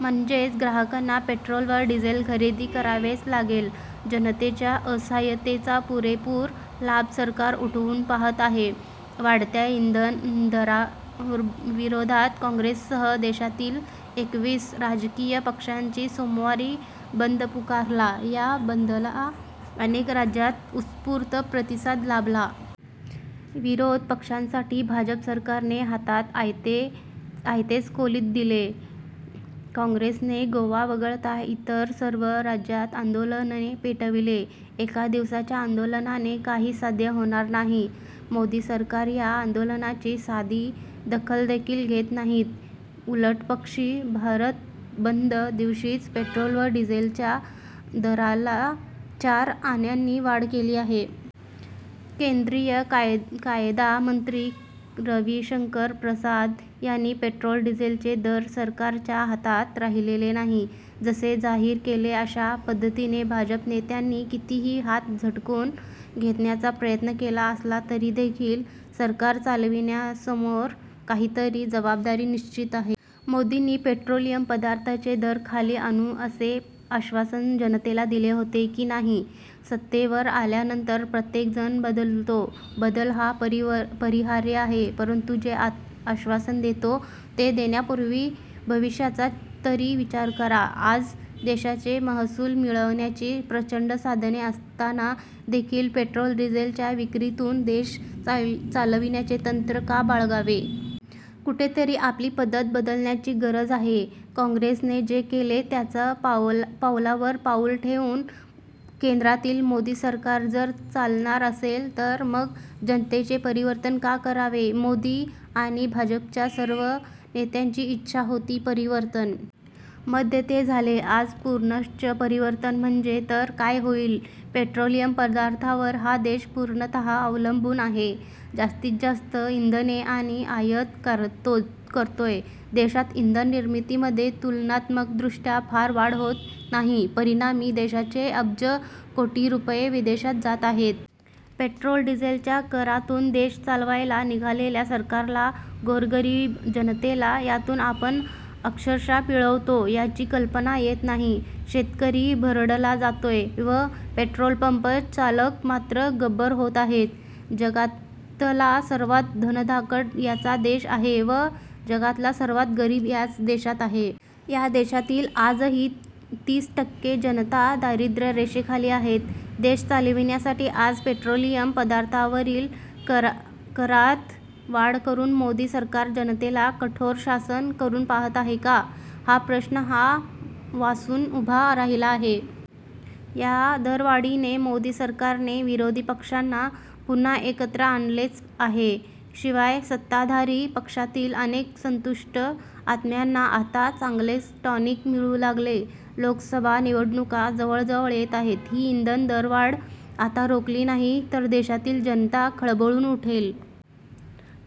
म्हणजेच ग्राहकांना पेट्रोल व डिझेल खरेदी करावेच लागेल. जनतेच्या असाहय़तेचा पुरेपुर लाभ सरकार उठवू पाहत आहे. वाढत्या इंधन दराविरोधात काँग्रेससह देशातील एकवीस राजकीय पक्षांनी सोमवारी बंद पुकारला. या बंदला अनेक राज्यांत उत्स्फूर्त प्रतिसाद लाभला. विरोधी पक्षांसाठी भाजप सरकारने हातात आयतेच कोलीत दिले. काँग्रेसने गोवा वगळता इतर सर्व राज्यांत आंदोलन पेटविले. एका दिवसाच्या आंदोलनाने काही साध्य होणार नाही. मोदी सरकार या आंदोलनाची साधी दखलदेखील घेत नाहीत. उलटपक्षी भारत बंद दिवशीच पेट्रोल व डिझेलच्या दरात चार आण्यांनी वाढ केली आहे. केंद्रीय कायदामंत्री रवीशंकर प्रसाद यांनी पेट्रोल डिझेलचे दर सरकारच्या हातात राहिलेले नाही, असे जाहीर केले. अशा पद्धतीने भाजप नेत्यांनी कितीही हात झटकून घेण्याचा प्रयत्न केला असला तरीदेखील सरकार चालविणाऱयांसमोर काहीतरी जबाबदारी निश्चितच आहे. मोदींनी पेट्रोलियम पदार्थांचे दर खाली आणू असे आश्वासन जनतेला दिले होते की नाही? सत्तेवर आल्यानंतर प्रत्येकजण बदलतो. बदल हा अपरिहार्य आहे. परंतु जे आश्वासन देतो ते देण्यापूर्वी भविष्याचा तरी विचार करा. आज देशाकडे महसूल मिळविण्याची प्रचंड साधने असताना देखील पेट्रोल, डिझेलच्या विक्रीतून देश चालविण्याचे तंत्र का बाळगावे? कुठेतरी आपली पद्धत बदलण्याची गरज आहे. काँग्रेसने जे केले त्याच पावलावर पाऊल ठेवून केंद्रातील मोदी सरकार जर चालणार असेल तर मग जनतेने परिवर्तन का करावे! मोदी आणि ण भाजपच्या सर्वच नेत्यांची इच्छा होती परिवर्तन! मध्ये ते झाले. आज पुनश्च परिवर्तन म्हटले तर काय होईल? पेट्रोलियम पदार्थांवर हा देश पूर्णतः अवलंबून आहे. जास्तीत जास्त इंधने आपण आयात करतोय. देशात इंधन निर्मितीमध्ये तुलनात्मकदृष्टय़ा फार वाढ होत नाही. परिणामी देशाचे अब्ज कोटी रुपये विदेशात जात आहेत. पेट्रोल डिझेलच्या करातून देश चालवायला निघालेल्या सरकारला गोरगरीब जनतेला यातून आपण अक्षरशः पिळतो याची कल्पना येत नाही. शेतकरी भरडला जातोय व पेट्रोलपंप चालक मात्र गब्बर होत आहेत. जगातला सर्वांत धनाढय़ याच देशात आहे व जगातला सर्वांत गरीब याच देशात आहे. या देशातील आजही तीस टक्के जनता दारिद्रय़ रेषेखाली आहे. देश चालविण्यासाठी आज पेट्रोलियम पदार्थांवरील करात वाढ करून मोदी सरकार जनतेला कठोर शासन करू पाहत आहे का? हा प्रश्न आ वासून उभा राहिलेला आहे. या दरवाढीने मोदी सरकारने विरोधी पक्षांना पुन्हा एकत्र आणलेच आहे. शिवाय सत्ताधारी पक्षातील अनेक असंतुष्ट आत्म्यांना आता चांगलेच टॉनिक मिळू लागेल. लोकसभा निवडणुका जवळ येत आहेत. ही इंधन दरवाढ आता रोखली नाही तर देशातील जनता खवळून उठेल.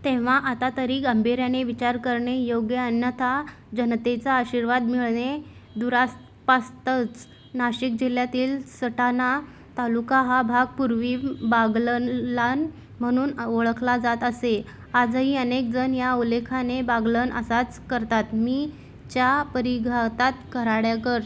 तेव्हा आता तरी गांभीर्याने विचार करणे योग्य. अन्यथा जनतेचा आशीर्वाद मिळणे दुरापास्तच! नाशिक जिल्ह्यातील सटाणा तालुका हा भाग पुर्वी बागलाण म्हणून ओळखला जात असे. आजही अनेकजण याचा उल्लेख बागलाण असाच करतात. मी. च्या परिघात कऱ्हागड,